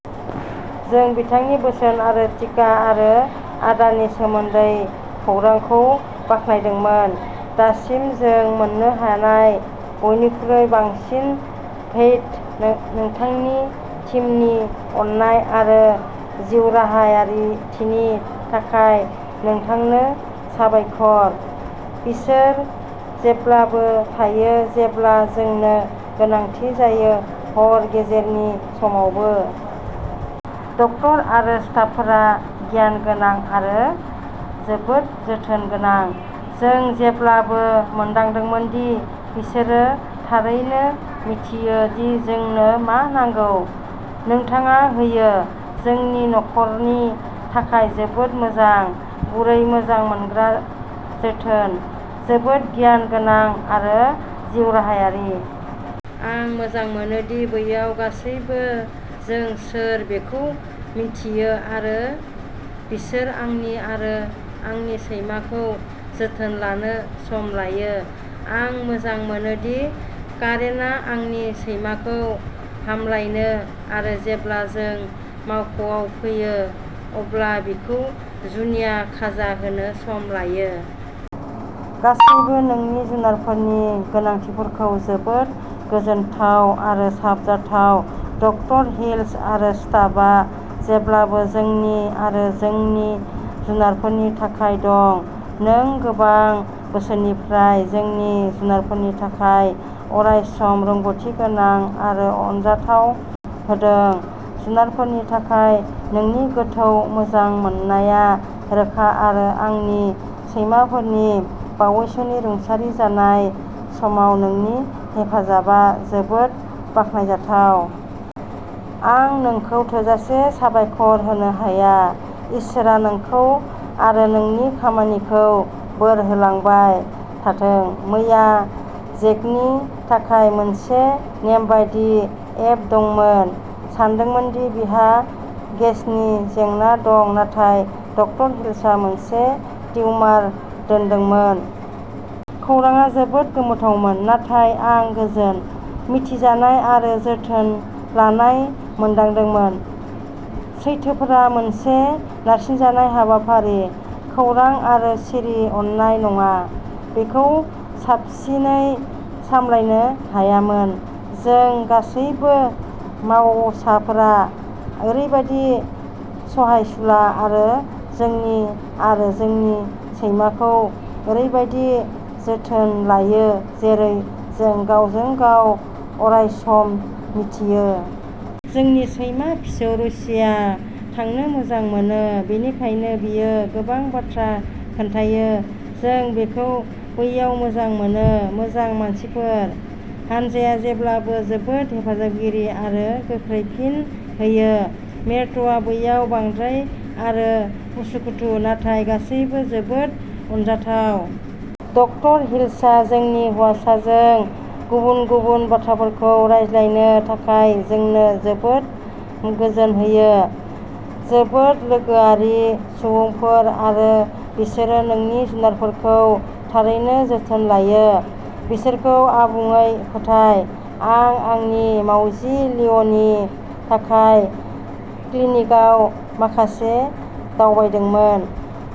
जों बिथांनि बोसोन आरो टिका आरो आदारनि सोमोन्दै खौरांखौ बाख्नायदोंमोन। दासिम जों मोन्नो हानाय बयनिख्रुइ साबसिन भेइट, नोंथांनि टीमनि अननाय आरो जिउराहायारिथिनि थाखाय नोंथांनो साबायखर। बिसोर जेब्लाबो थायो जेब्ला जोंनो गोनांथि जायो। हर गेजेरनि समावबो। ड. आरो स्टाफफोरा गियान गोनां आरो जोबोद जोथोन गोनां। जों जेब्लाबो मोनदांदोंमोन दि बिसोरो थारैनो मिथियो दि जोंनो मा नांगौ। नोंथाङा होयो। जोंनि नखरनि थाखाय जोबोद मोजां, गुरै, मोजां मोनग्रा जोथोन। जोबोद गियान गोनां आरो जिउराहायारि। आं मोजां मोनो दि बैयाव गासैबो जों सोर बेखौ मिथियो आरो बिसोर आंनि आरो आंनि सैमाखौ जोथोन लानो सम लायो। आं मोजां मोनो दि कारेनआ आंनि सैमाखौ हामलायनो आरो जेब्ला जों मावख'आव फैयो अब्ला बिखौ जुनिया खाजा होनो सम लायो। गासैबो नोंनि जुनारफोरनि गोनांथिफोरखौ जोबोद गोजोनथाव आरो साबजाथाव! ड. हिल्स आरो स्टाफआ जेब्लाबो जोंनि आरो जोंनि जुनारफोरनि थाखाय दं। नों गोबां बोसोरफोरनिफ्राय जोंनि जुनारफोरनि थाखाय अरायसम रोंग'थिगोनां आरो अनजाथाव जोथोन होदों। जुनारफोरनि थाखाय नोंनि गोथौ मोजां मोननाया रोखा आरो आंनि सैमाफोरनि बावैसोनि रुंसारि जानाय समाव नोंनि हेफाजाबआ जोबोद बाखनायजाथाव। आं नोंखौ थोजासे साबायखर होनो हाया। इसोरआ नोंखौ आरो नोंनि खामानिखौ बोर होलांबाय थाथों। मैया जेकनि थाखाय मोनसे नेमबादि एप्ट दंमोन। सानदोंमोन दि बिहा गेसनि जेंना दं नाथाय ड. हिलआ मोनसे टिउमार मोनदोंमोन। खौरांआ जोबोद गोमोथावमोन, नाथाय आं गोजोन, मिथिजानाय आरो जोथोन लानाय मोनदांदोंमोन। सैथोफोरा मोनसे नारसिनजानाय हाबाफारि, खौरां आरो सिरि अननाय नङा। बेखौ साबसिनै सामलायनो हायामोन। जों गासैबो मावसाफोरा ओरैबायदि सहायसुला आरो जोंनि आरो जोंनि सैमाखौ ओरैबायदि जोथोन लायो जेरै जों गावजों-गाव अरायसम मिथियो। जोंनि सैमा फिसौ र'सीआ थांनो मोजां मोनो, बेनिखायनो बेयो गोबां बाथ्रा खोन्थायो! जों बेखौ बैयाव मोजां मोनो! मोजां मानसिफोर!?? हानजाया जेब्लाबो जोबोद हेफाजाबगिरि आरो गोख्रै फिन होयो। मेरट'आ बैयाव बांद्राय आरो उसुखुथु नाथाय गासैबो जोबोद अनजाथाव। ड. हिल्सआ जोंनि हौवासाजों गुबुन-गुबुन बाथ्राफोरखौ रायज्लायनो थाखाय जोंनो जोबोद गोजोन होयो। जोबोद लोगोआरि सुबुंफोर आरो बिसोरो नोंनि जुनारफोरखौ थारैनो जोथोन लायो। बिसोरखौ आबुङै फोथाय। आं आंनि मावजि लिअ'नि थाखाय क्लिनिकआव माखासे दावबायदोंमोन।